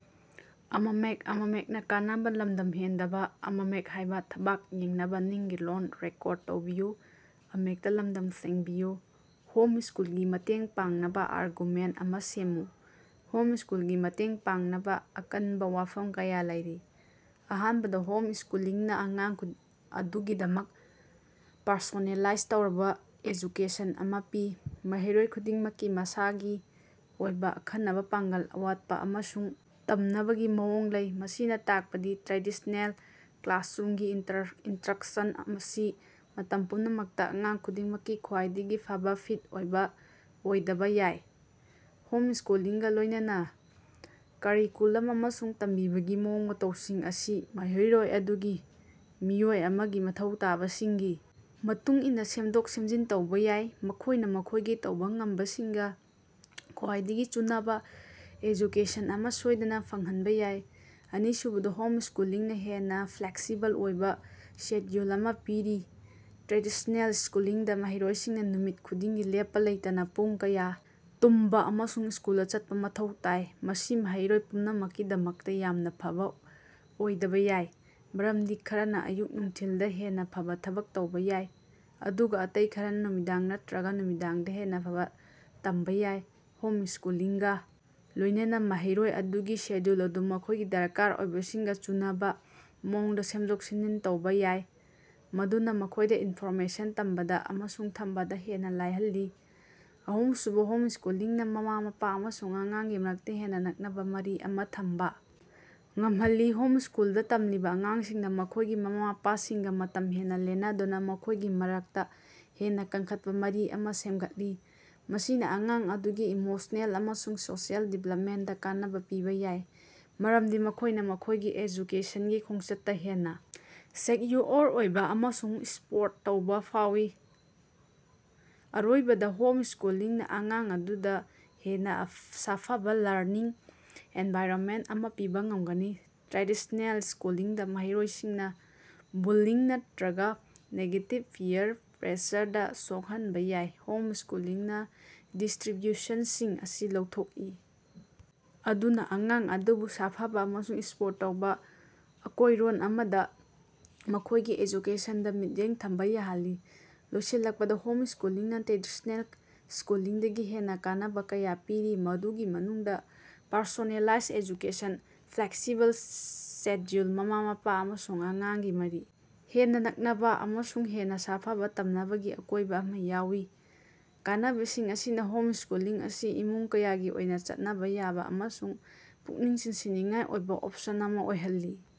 Home ꯁ꯭ꯀꯨꯜꯒꯤ ꯃꯇꯦꯡ ꯄꯥꯡꯅꯕꯥ ꯑꯥꯔꯒꯨꯃꯦꯟꯇ ꯑꯃꯥ ꯁꯦꯝꯃꯨ꯫ ꯍꯣꯝ ꯁ꯭ꯀꯨꯜꯒꯤ ꯃꯇꯦꯡ ꯄꯥꯡꯅꯕꯥ ꯑꯀꯟꯕꯥ ꯋꯥꯐꯝ ꯀꯌꯥ ꯂꯩꯔꯤ꯫ ꯑꯍꯥꯟꯕꯗꯥ, ꯍꯣꯝ ꯁ꯭ꯀꯨꯂꯤꯡꯅꯥ ꯑꯉꯥꯡ ꯑꯗꯨꯒꯤꯗꯃꯛ ꯄꯔꯁꯣꯅꯦꯂꯥꯏꯖ ꯇꯧꯔꯕꯥ ꯑꯦꯖꯨꯀꯦꯁꯟ ꯑꯃꯥ ꯄꯤ꯫ ꯃꯍꯩꯔꯣꯏ ꯈꯨꯗꯤꯡꯃꯛꯀꯤ ꯃꯁꯥꯒꯤ ꯑꯣꯏꯕꯥ ꯑꯈꯟꯅꯕꯥ ꯄꯥꯡꯒꯜ, ꯑꯋꯥꯠꯄꯥ ꯑꯃꯁꯨꯡ ꯇꯝꯅꯕꯒꯤ ꯃꯑꯣꯡ ꯂꯩ꯫ ꯃꯁꯤꯅꯥ ꯇꯥꯛꯄꯗꯤ ꯇ꯭ꯔꯦꯗꯤꯁꯅꯦꯜ ꯀ꯭ꯂꯥꯁꯔꯨꯝꯒꯤ ꯏꯟꯁꯇ꯭ꯔꯛꯁꯟ ꯑꯁꯤ ꯃꯇꯝ ꯄꯨꯝꯅꯃꯛꯇꯥ ꯑꯉꯥꯡ ꯈꯨꯗꯤꯡꯃꯛꯀꯤ ꯈ꯭ꯋꯥꯏꯗꯒꯤ ꯐꯕꯥ ꯐꯤꯠ ꯑꯣꯏꯕꯥ ꯑꯣꯏꯗꯕꯥ ꯌꯥꯏ꯫ ꯍꯣꯝ ꯁ꯭ꯀꯨꯂꯤꯡꯒꯥ ꯂꯣꯏꯅꯅꯥ, ꯀꯔꯤꯀꯨꯂꯝ ꯑꯃꯁꯨꯡ ꯇꯝꯕꯤꯕꯒꯤ ꯃꯑꯣꯡ-ꯃꯇꯧꯁꯤꯡ ꯑꯁꯤ ꯃꯍꯩꯔꯣꯏ ꯑꯗꯨꯒꯤ ꯃꯤꯑꯣꯏ ꯑꯃꯒꯤ ꯃꯊꯧ ꯇꯥꯕꯁꯤꯡꯒꯤ ꯃꯇꯨꯡꯏꯟꯅꯥ ꯁꯦꯝꯗꯣꯛ-ꯁꯦꯝꯖꯤꯟ ꯇꯧꯕꯥ ꯌꯥꯏ, ꯃꯈꯣꯏꯅꯥ ꯃꯈꯣꯏꯒꯤ ꯇꯧꯕꯥ ꯉꯝꯕꯁꯤꯡꯒꯥ ꯈ꯭ꯋꯥꯏꯗꯒꯤ ꯆꯨꯅꯕꯥ ꯑꯦꯖꯨꯀꯦꯁꯟ ꯑꯃꯥ ꯁꯣꯏꯗꯅꯥ ꯐꯪꯍꯟꯕꯥ ꯌꯥꯏ꯫ ꯑꯅꯤꯁꯨꯕꯗꯥ, ꯍꯣꯝ ꯁ꯭ꯀꯨꯂꯤꯡꯅꯥ ꯍꯦꯟꯅꯥ ꯐ꯭ꯂꯦꯛꯁꯤꯕꯜ ꯑꯣꯏꯕꯥ ꯁꯦꯗ꯭ꯌꯨꯜ ꯑꯃꯥ ꯄꯤꯔꯤ꯫ ꯇ꯭ꯔꯦꯗꯤꯁꯅꯦꯜ ꯁ꯭ꯀꯨꯂꯁꯤꯡꯗꯥ, ꯃꯍꯩꯔꯣꯏꯁꯤꯡꯅꯥ ꯅꯨꯃꯤꯠ ꯈꯨꯗꯤꯡꯒꯤ ꯂꯦꯞꯄꯥ ꯂꯩꯇꯅꯥ ꯄꯨꯡ ꯀꯌꯥ ꯇꯨꯝꯕꯥ ꯑꯃꯁꯨꯡ ꯁ꯭ꯀꯨꯜꯗꯥ ꯆꯠꯄꯥ ꯃꯊꯧ ꯇꯥꯏ꯫ ꯃꯁꯤ ꯃꯍꯩꯔꯣꯏ ꯄꯨꯝꯅꯃꯛꯀꯤꯗꯃꯛꯇꯥ ꯌꯥꯝꯅꯥ ꯐꯕꯥ ꯑꯣꯏꯗꯕꯥ ꯌꯥꯏ, ꯃꯔꯝꯗꯤ ꯈꯔꯅꯥ ꯑꯌꯨꯛ-ꯅꯨꯡꯊꯤꯜꯗꯥ ꯍꯦꯟꯅꯥ ꯐꯕꯥ ꯊꯕꯛ ꯇꯧꯕꯥ ꯌꯥꯏ, ꯑꯗꯨꯒꯥ ꯑꯇꯩ ꯈꯔꯅꯥ ꯅꯨꯃꯤꯗꯥꯡ ꯅꯠꯇ꯭ꯔꯒꯥ ꯅꯨꯃꯤꯗꯥꯡꯗꯥ ꯍꯦꯟꯅꯥ ꯐꯕꯥ ꯇꯝꯕꯥ ꯌꯥꯏ꯫ ꯍꯣꯝ ꯁ꯭ꯀꯨꯂꯤꯡꯒꯥ ꯂꯣꯏꯅꯅꯥ, ꯃꯍꯩꯔꯣꯏ ꯑꯗꯨꯒꯤ ꯁꯦꯗ꯭ꯌꯨꯜ ꯑꯗꯨ ꯃꯈꯣꯏꯒꯤ ꯗꯔꯀꯥꯔ ꯑꯣꯏꯕꯁꯤꯡꯒꯥ ꯆꯨꯅꯕꯥ ꯃꯑꯣꯡꯗꯥ ꯁꯦꯝꯗꯣꯛ-ꯁꯦꯝꯖꯤꯟ ꯇꯧꯕꯥ ꯌꯥꯏ, ꯃꯗꯨꯅꯥ ꯃꯈꯣꯏꯗꯥ ꯏꯟꯐꯣꯔꯃꯦꯁꯟ ꯇꯝꯕꯗꯥ ꯑꯃꯁꯨꯡ ꯊꯝꯕꯗꯥ ꯍꯦꯟꯅꯥ ꯂꯥꯏꯍꯜꯂꯤ꯫ ꯑꯍꯨꯝꯁꯨꯕꯥ, ꯍꯣꯝ ꯁ꯭ꯀꯨꯂꯤꯡꯅꯥ ꯃꯃꯥ-ꯃꯄꯥ ꯑꯃꯁꯨꯡ ꯑꯉꯥꯡꯒꯤ ꯃꯔꯛꯇꯥ ꯍꯦꯟꯅꯥ ꯅꯛꯅꯕꯥ ꯃꯔꯤ ꯑꯃꯥ ꯊꯝꯕꯥ ꯉꯝꯍꯜꯂꯤ꯫ ꯍꯣꯝ ꯁ꯭ꯀꯨꯜꯗꯥ ꯇꯝꯂꯤꯕꯥ ꯑꯉꯥꯡꯁꯤꯡꯅꯥ ꯃꯈꯣꯏꯒꯤ ꯃꯃꯥ-ꯃꯄꯥꯁꯤꯡꯒꯥ ꯃꯇꯝ ꯍꯦꯟꯅꯥ ꯂꯦꯟꯗꯨꯅꯥ ꯃꯈꯣꯏꯒꯤ ꯃꯔꯛꯇꯥ ꯍꯦꯟꯅꯥ ꯀꯟꯈꯠꯄꯥ ꯃꯔꯤ ꯑꯃꯥ ꯁꯦꯝꯒꯠꯂꯤ꯫ ꯃꯁꯤꯅꯥ ꯑꯉꯥꯡ ꯑꯗꯨꯒꯤ ꯏꯃꯣꯁꯅꯦꯜ ꯑꯃꯁꯨꯡ ꯁꯣꯁꯤꯑꯦꯜ ꯗꯤꯚꯦꯂꯞꯃꯦꯟꯗꯥ ꯀꯥꯟꯅꯕꯥ ꯄꯤꯕꯥ ꯌꯥꯏ, ꯃꯔꯝꯗꯤ ꯃꯈꯣꯏꯅꯥ ꯃꯈꯣꯏꯒꯤ ꯑꯦꯖꯨꯀꯦꯁꯟꯒꯤ ꯈꯣꯡꯆꯠꯇꯥ ꯍꯦꯟꯅꯥ ꯁꯦꯛꯌꯨꯑꯣꯔ ꯑꯣꯏꯕꯥ ꯑꯃꯁꯨꯡ ꯁꯄꯣꯔꯠ ꯇꯧꯕꯥ ꯐꯥꯎꯏ꯫ ꯑꯔꯣꯏꯕꯗꯥ, ꯍꯣꯝ ꯁ꯭ꯀꯨꯂꯤꯡꯅꯥ ꯑꯉꯥꯡ ꯑꯗꯨꯗꯥ ꯍꯦꯟꯅꯥ ꯁꯥꯐꯕꯥ ꯂꯔꯅꯤꯡ ꯑꯦꯟꯚꯥꯏꯔꯟꯃꯦꯟꯇ ꯑꯃꯥ ꯄꯤꯕꯥ ꯉꯝꯒꯅꯤ꯫ ꯇ꯭ꯔꯦꯗꯤꯁꯅꯦꯜ ꯁ꯭ꯀꯨꯜꯁꯤꯡꯗꯥ, ꯃꯍꯩꯔꯣꯏꯁꯤꯡꯅꯥ ꯕꯨꯜꯂꯤꯡ ꯅꯠꯇ꯭ꯔꯒꯥ ꯅꯦꯒꯦꯇꯤꯚ ꯄꯤꯌꯔ ꯄ꯭ꯔꯦꯁꯔꯗꯥ ꯁꯣꯛꯍꯟꯕꯥ ꯌꯥꯏ꯫ ꯍꯣꯝ ꯁ꯭ꯀꯨꯂꯤꯡꯅꯥ ꯗꯤꯁꯇ꯭ꯔꯤꯕ꯭ꯌꯨꯁꯟꯁꯤꯡ ꯑꯁꯤ ꯂꯧꯊꯣꯛꯏ, ꯃꯗꯨꯅꯥ ꯑꯉꯥꯡ ꯑꯗꯨꯕꯨ ꯁꯥꯐꯕꯥ ꯑꯃꯁꯨꯡ ꯁꯄꯣꯔꯠ ꯇꯧꯕꯥ ꯑꯀꯣꯏꯔꯣꯟ ꯑꯃꯗꯥ ꯃꯈꯣꯏꯒꯤ ꯑꯦꯖꯨꯀꯦꯁꯟꯗꯥ ꯃꯤꯠꯌꯦꯡ ꯊꯝꯕꯥ ꯌꯥꯍꯜꯂꯤ꯫ ꯂꯣꯏꯁꯤꯜꯂꯛꯄꯗꯥ, ꯍꯣꯝ ꯁ꯭ꯀꯨꯂꯤꯡꯅꯥ ꯇ꯭ꯔꯦꯗꯤꯁꯅꯦꯜ ꯁ꯭ꯀꯨꯂꯤꯡꯗꯒꯤ ꯍꯦꯟꯅꯥ ꯀꯥꯟꯅꯕꯥ ꯀꯌꯥ ꯄꯤꯔꯤ, ꯃꯗꯨꯒꯤ ꯃꯅꯨꯡꯗꯥ ꯄꯔꯁꯣꯅꯦꯂꯥꯏꯖ ꯑꯦꯖꯨꯀꯦꯁꯟ, ꯐ꯭ꯂꯦꯛꯁꯤꯕꯜ ꯁꯦꯗ꯭ꯌꯨꯜ, ꯃꯃꯥ-ꯃꯄꯥ ꯑꯃꯁꯨꯡ ꯑꯉꯥꯡꯒꯤ ꯃꯔꯤ ꯍꯦꯟꯅꯥ ꯅꯛꯅꯕꯥ, ꯑꯃꯁꯨꯡ ꯍꯦꯟꯅꯥ ꯁꯥꯐꯕꯥ ꯇꯝꯅꯕꯒꯤ ꯑꯀꯣꯏꯕꯥ ꯑꯃꯥ ꯌꯥꯎꯏ꯫ ꯀꯥꯟꯅꯕꯁꯤꯡ ꯑꯁꯤꯅꯥ ꯍꯣꯝ ꯁ꯭ꯀꯨꯂꯤꯡ ꯑꯁꯤ ꯏꯃꯨꯡ ꯀꯌꯥꯒꯤ ꯑꯣꯏꯅꯥ ꯆꯠꯅꯕꯥ ꯌꯥꯕꯥ ꯑꯃꯁꯨꯡ ꯄꯨꯛꯅꯤꯡ ꯆꯤꯡꯁꯤꯟꯅꯤꯡꯉꯥꯏ ꯑꯣꯏꯕꯥ ꯑꯣꯞꯁꯟ ꯑꯃꯥ ꯑꯣꯏꯍꯜꯂꯤ꯫